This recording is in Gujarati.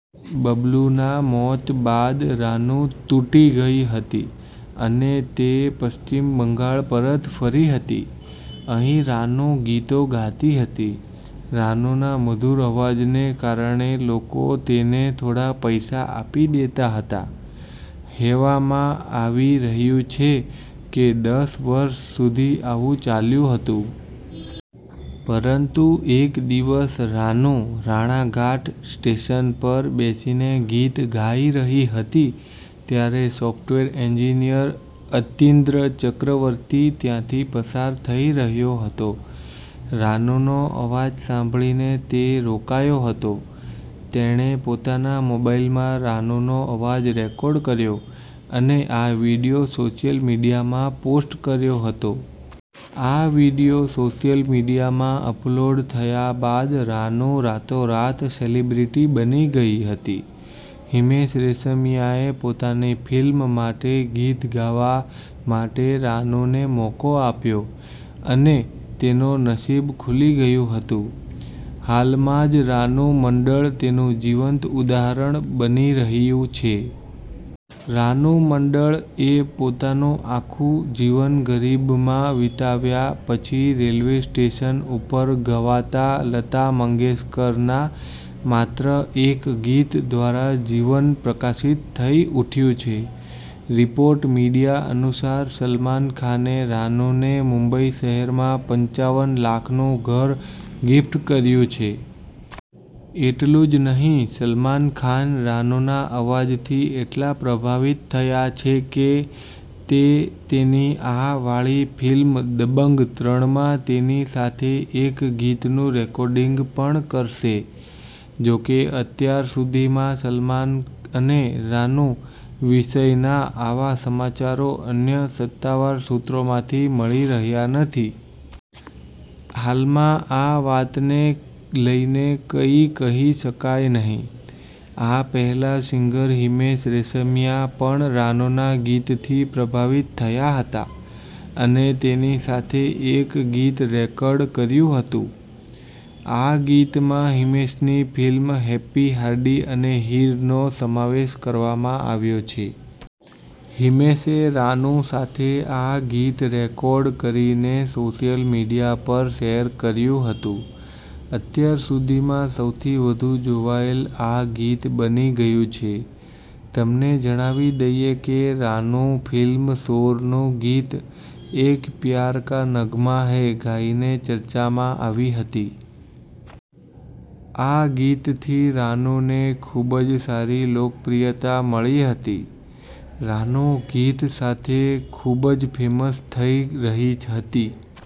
બબલૂના મોત બાદ રાનૂ તૂટી ગઈ હતી અને તે પશ્ચિમ બંગાળ પરત ફરી હતી. અહીં રાનૂ ગીતો ગાતી હતી. રાનૂના મધુર અવાજને કારણે લોકો તેને થોડાં પૈસા આપી દેતા હતા. હેવામાં આવી રહ્યું છે કે દસ વર્ષ સુધી આવું ચાલ્યું હતું. પરંતુ એક દિવસ રાનૂ રાણાઘાટ સ્ટેશન પર બેસીને ગીત ગાઈ રહી હતી ત્યારે સોફ્ટવેર એન્જીનિયર અતિન્દ્ર ચક્રવર્તી ત્યાંથી પસાર થઈ રહ્યો હતો. રાનૂનો અવાજ સાંભળીને તે રોકાયો હતો. તેણે પોતાના મોબાઇલમાં રાનૂનો અવાજ રેકોર્ડ કર્યો અને આ વીડિયો સોશિયલ મીડિયામાં પોસ્ટ કર્યો હતો. આ વીડિયો સોશિયલ મીડિયામાં અપલોડ થયા બાદ રાનૂ રાતોરાત સેલિબ્રિટી બની ગઈ હતી. હિમેશ રેશમિયાએ પોતાની ફિલ્મ માટે ગીત ગાવા માટે રાનૂને મોકો આપ્યો અને તેનો નસિબ ખુલી ગયું હતું. હાલમાં જ રાનું મંડળ તેનું જીવંત ઉદાહરણ બની રહીયું છે. રાનુ મંડળ એ પોતાનું આખું જીવન ગરીબમાં વિતાવ્યા પછી રેલવે સ્ટેશન ઉપર ગવાતા લતા મંગેશકર ના માત્ર એક ગીત દ્વારા જીવન પ્રકાશિત થઇ ઉઠ્યું છે. રિપોર્ટ મીડિયા અનુસાર, સલમાન ખાને રાનુ ને મુંબઈ શહેરમાં પંચાવન લાખનું ઘર ગિફ્ટ કરીયું છે. એટલું જ નહીં સલમાન ખાન રાનુના અવાજ થી એટલા પ્રભાવિત થયા છે કે તે તેની આ વાળી ફિલ્મ દબંગ ત્રણમાં તેની સાથે એક ગીતનું રેકોર્ડિંગ પણ કરશે. જોકે અત્યાર સુધીમાં સલમાન અને રાનું વિષયના આવા સમાચારો અન્ય સત્તાવાર સુત્રોમાંથી મળી રહ્યા નથી. હાલમાં આ વાતને લઇને કંઇ કહી શકાય નહીં. આ પહેલા સિંગર હિમેશ રેશમિયા પણ રાનુના ગીત થી પ્રભાવિત થયા હતા અને તેની સાથે એક ગીત રેકોર્ડ કર્યું હતું. આ ગીતમાં હિમેશની ફિલ્મ હેપી હાર્ડી અને હીર નો સમાવેશ કરવામાં આવ્યો છે. હીમેશે રાનુ સાથે આ ગીત રેકોર્ડ કરીને સોશિયલ મીડિયા પર શેર કર્યું હતું. અત્યાર સુધીમાં સૌથી વધુ જોવાયેલ આ ગીત બની ગયું છે. તમને જણાવી દઇએ કે રાનું ફિલ્મ શોર નું ગીત 'એક પ્યાર કા નગમાં હૈ' ગાઈને ચર્ચામાં આવી હતી. આ ગીત થી રાનુ ને ખૂબ જ સારી લોકપ્રિયતા મળી હતી. રાનુ ગીત સાથે ખૂબ જ ફેમસ થઈ રહી હતી.